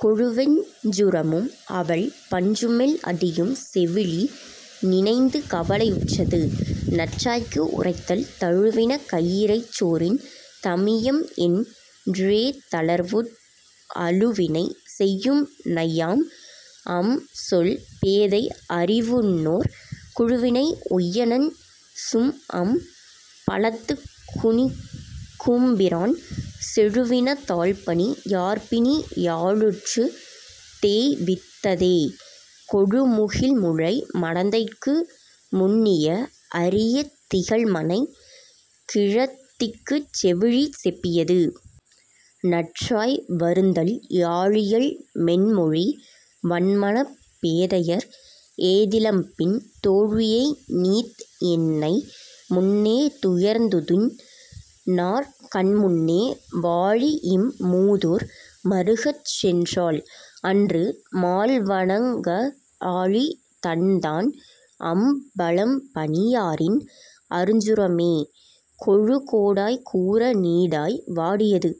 கொளு வெஞ்சுரமும் அவள் பஞ்சுமெல் அடியும் செவிலி நினைந்து கவலை யுற்றது.. நற்றாய்க்கு உரைத்தல் தழுவின கையிறை சோரின் தமியம்என் றேதளர்வுற் அழுவினை செய்யும்நை யாஅம்சொல் பேதை அறிவுவிண்ணோர் குழுவினை உய்யநஞ் சுண்அம் பலத்துக் குனிக்கும்பிரான் செழுவின தாள்பணி யார்பிணி யாலுற்றுத் தேய்வித்ததே... கொளு முகிழ்முலை மடந்தைக்கு முன்னிய அறியத் திகழ்மனைக் கிழத்திக்குச் செவிலி செப்பியது.. நற்றாய் வருந்தல் யாழியல் மென்மொழி வன்மனப் பேதையர் ஏதிலம்பின் தோழியை நீத்என்னை முன்னே துறந்துதுன் னார்கண்முன்னே வாழிஇம் மூதூர் மறுகச்சென் றாள்அன்று மால்வணங்க ஆழிதந் தான்அம் பலம்பணி யாரின் அருஞ்சுரமே... கொளு கோடாய் கூற நீடாய் வாடியது..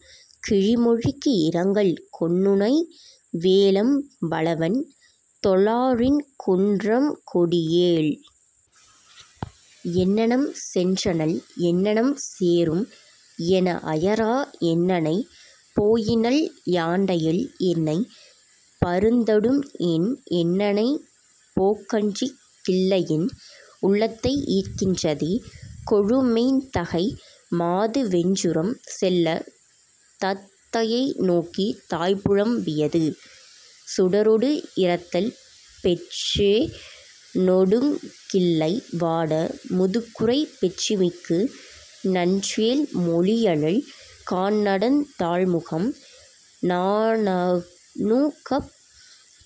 கிளி மொழிக்கு இரங்கல் கொன்னுனை வேல்அம் பலவன் தொழாரின்குன் றம்கொடியோள்। என்னணம் சென்றனள் என்னணம் சேரும் எனஅயரா என்னனை போயினள் யாண்டையள் என்னைப் பருந்தடும்என் என்னனை போக்கன்றிக் கிள்ளைஎன் உள்ளத்தை ஈர்க்கின்றதே... கொளு மெய்த்தகை மாது வெஞ்சுரம் செல்லத் தத்தையை நோக்கித் தாய்புலம் பியது.. சுடரோடு இரத்தல் பெற்றே னொடுங்கிள்ளை வாட முதுக்குறை பெற்றிமிக்கு நற்றேள் மொழியழல் கான்நடந் தாள்முகம் நானணுகப்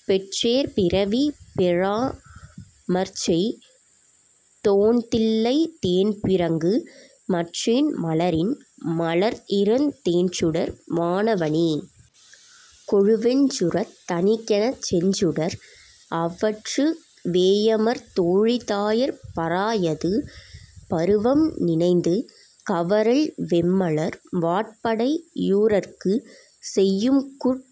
பெற்றேன் பிறவி பெறாமற்செய் தோன்தில்லைத் தேன்பிறங்கு மற்றேன் மலரின் மலர்த்இரந் தேன்சுடர் வானவனே... கொளு வெஞ்சுரத் தணிக்கெனச் செஞ்சுடர் அவற்கு வேயமர் தோளி தாயர் பராயது.. பருவம் நினைந்து கவறல் வைம்மலர் வாட்படை யூரற்குச் செய்யும்குற்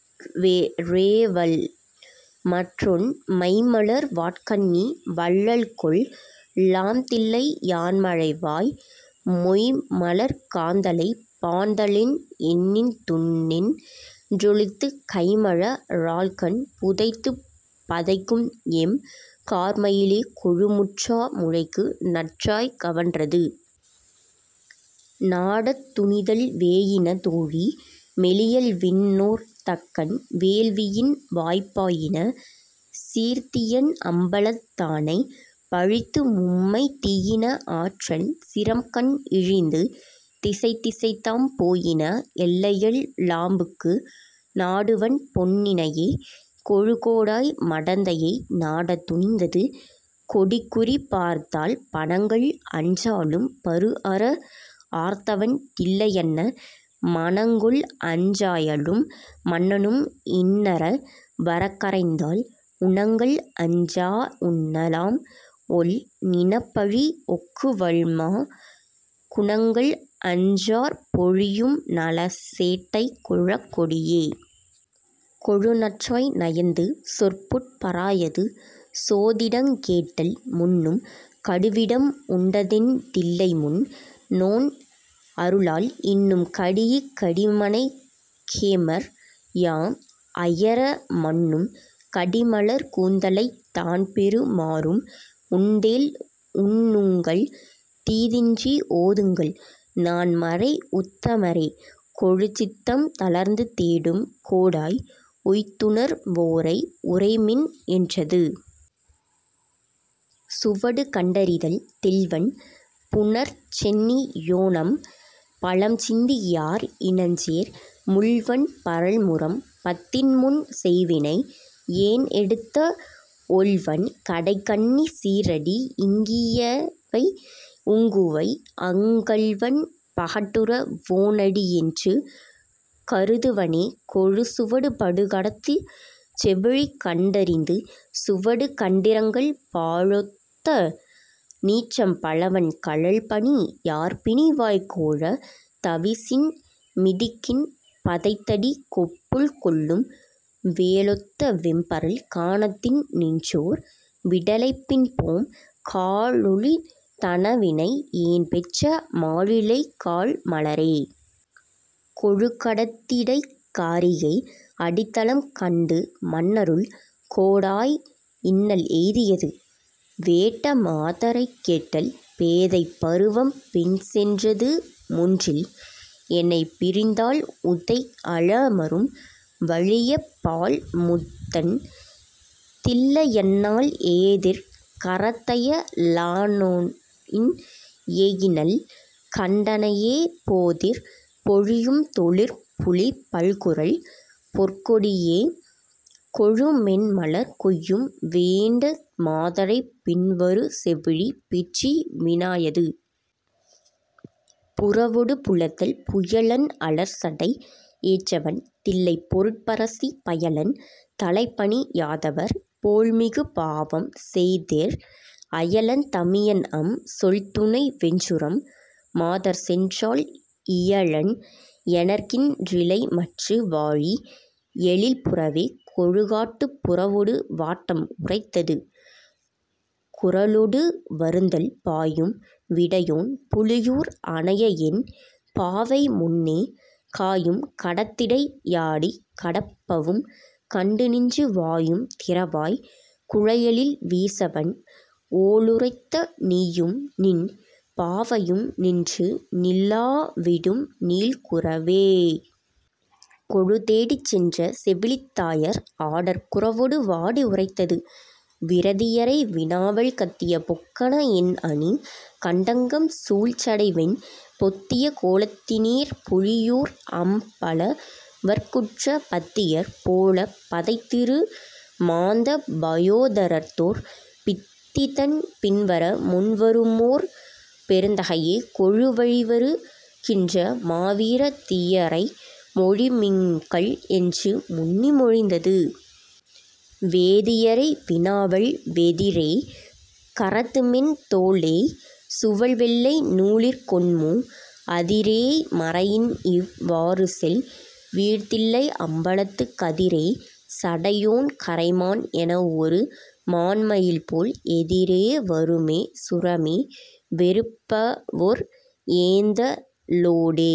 றேவல்மற்றென் மைம்மலர் வாட்கண்ணி வல்லள்கொல் லாம்தில்லை யான்மலைவாய் மொய்ம்மலர்க் காந்தளைப் பாந்தளென் எண்ணித்துண் ணென்றொளித்துக் கைம்மல ரால்கண் புதைத்துப் பதைக்கும்எம் கார்மயிலே... கொளு முற்றா முலைக்கு நற்றாய் கவன்றது.. நாடத் துணிதல் வேயின தோளி மெலியல்விண் ணோர்தக்கன் வேள்வியின்வாய்ப் பாயின சீர்த்தியன் அம்பலத் தானைப் பழித்துமும்மைத் தீயின ஆற்றல் சிரம்கண்இழிந்து திசைதிசைதாம் போயின எல்லையெல் லாம்புக்கு நாடுவன் பொன்னினையே... கொளு கோடாய் மடந்தையை நாடத் துணிந்தது.. கொடிக்குறி பார்த்தல் பணங்கள்அஞ் சாலும் பருஅர ஆர்த்தவன் தில்லையன்ன மணங்கொள்அஞ் சாயலும் மன்னனும் இன்னஏ வரக்கரைந்தால் உணங்கல்அஞ் சாஉண்ண லாம்ஒள் நிணப்பலி ஒக்குவல்மாக் குணங்கள்அஞ் சாற்பொலி யும்நல சேட்டைக் குலக்கொடியே... கொளு நற்றாய் நயந்து சொற்புட் பராயது.. சோதிடங் கேட்டல் முன்னும் கடுவிடம் உண்டதென் தில்லைமுன் னோன்அருளால் இன்னும் கடியிக் கடிமனைக் கேமற் யாம்அயர மன்னும் கடிமலர்க் கூந்தலைத் தான்பெறு மாறும்உண்டேல் உன்னுங்கள் தீதின்றி ஓதுங்கள் நான்மறை உத்தமரே... கொளு சித்தம் தளர்ந்து தேடும் கோடாய் உய்த்துணர் வோரை உரைமின் என்றது.. சுவடு கண்டறிதல் தெள்வன் புனற்சென்னி யோன்அம் பலம்சிந்தி யார்இனஞ்சேர் முள்வன் பரல்முரம் பத்தின்முன் செய்வினை யேன்எடுத்த ஒள்வன் படைக்கண்ணி சீறடி இங்கிவை உங்குவை அக் கள்வன் பகட்டுர வோன்அடி யென்று கருதுவனே... கொளு சுவடுபடு கடத்துச் செவிலி கண் டறிந்தது.. சுவடு கண்டிரங்கல் பாலொத்த நீற்றம் பலவன் கழல்பணி யார்பிணிவாய்க் கோலத் தவிசின் மிதிக்கின் பதைத்தடி கொப்புள்கொள்ளும் வேலொத்த வெம்பரல் கானத்தின் நின்றோர் விடலைபின்போம் காலொத் தனவினை யேன்பெற்ற மாணிழை கால்மலரே... கொளு கடத்திடைக் காரிகை அடித்தலம் கண்டு மன்னருள் கோடாய் இன்னல் எய்தியது.. வேட்ட மாதரைக் கேட்டல் பேதைப் பருவம் பின்சென் றதுமுன்றில் எனைப்பிரிந்தால் ஊதைக் அலமரும் வல்லியப் பாள்முத்தன் தில்லையன்னாள் ஏதிற் கரத்தய லானொஇன் ஏகினள் கண்டனையே போதிற் பொலியும் தொழிற்புலிப் பல்குரல் பொற்றொடியே... கொளு மென்மலர் கொய்யும் வேட்ட மாதரைப் பின்வரு செவிலி பெற்றி வினாயது.. புறவொடு புலத்தல் புயலன் அலர்சடை ஏற்றவன் தில்லைப் பொருப்பரசி பயலன் தலைப்பணி யாதவர் போல்மிகு பாவம்செய்தேற் அயலன் தமியன்அம் சொல்துணை வெஞ்சுரம் மாதர்சென்றால் இயலன் எனக்கிற் றிலைமற்று வாழி எழிற்புறவே... கொளு காட்டுப் புறவொடு வாட்டம் உரைத்தது.. குரவொடு வருந்தல் பாயும் விடையோன் புலியூர் அனையஎன் பாவைமுன்னே காயும் கடத்திடை யாடிக் கடப்பவும் கண்டுநின்று வாயும் திறவாய் குழைஎழில் வீசவண் ஓலுறுத்த நீயும்நின் பாவையும் நின்று நிலாவிடும் நீள்குரவே... கொளு தேடிச் சென்ற செவிலித் தாயர் ஆடற் குரவொடு வாடி உரைத்தது.. விரதியரை வினாவல் கத்திய பொக்கணத் என்அணி கட்டங்கம் சூழ்சடைவெண் பொத்திய கோலத்தி னீர்புலி யூர்அம் பலவர்க்குற்ற பத்தியர் போலப் பணைத்திறு மாந்த பயோதரத்தோர் பித்திதன் பின்வர முன்வரு மோஓர் பெருந்தகையே... கொளு வழிவரு கின்ற மாவிர தியரை மொழிமின்கள் என்று முன்னி மொழிந்தது.. வேதியரை வினாவல் வெதிரேய் கரத்துமென் தோல்ஏய் சுவல்வெள்ளை நூலிற்கொண்மூ அதிரேய் மறையின்இவ் வாறுசெல் வீர்தில்லை அம்பலத்துக் கதிரேய் சடையோன் கரமான் எனஒரு மான்மயில்போல் எதிரே வருமே சுரமே வெறுப்பவொர் ஏந்தலோடே.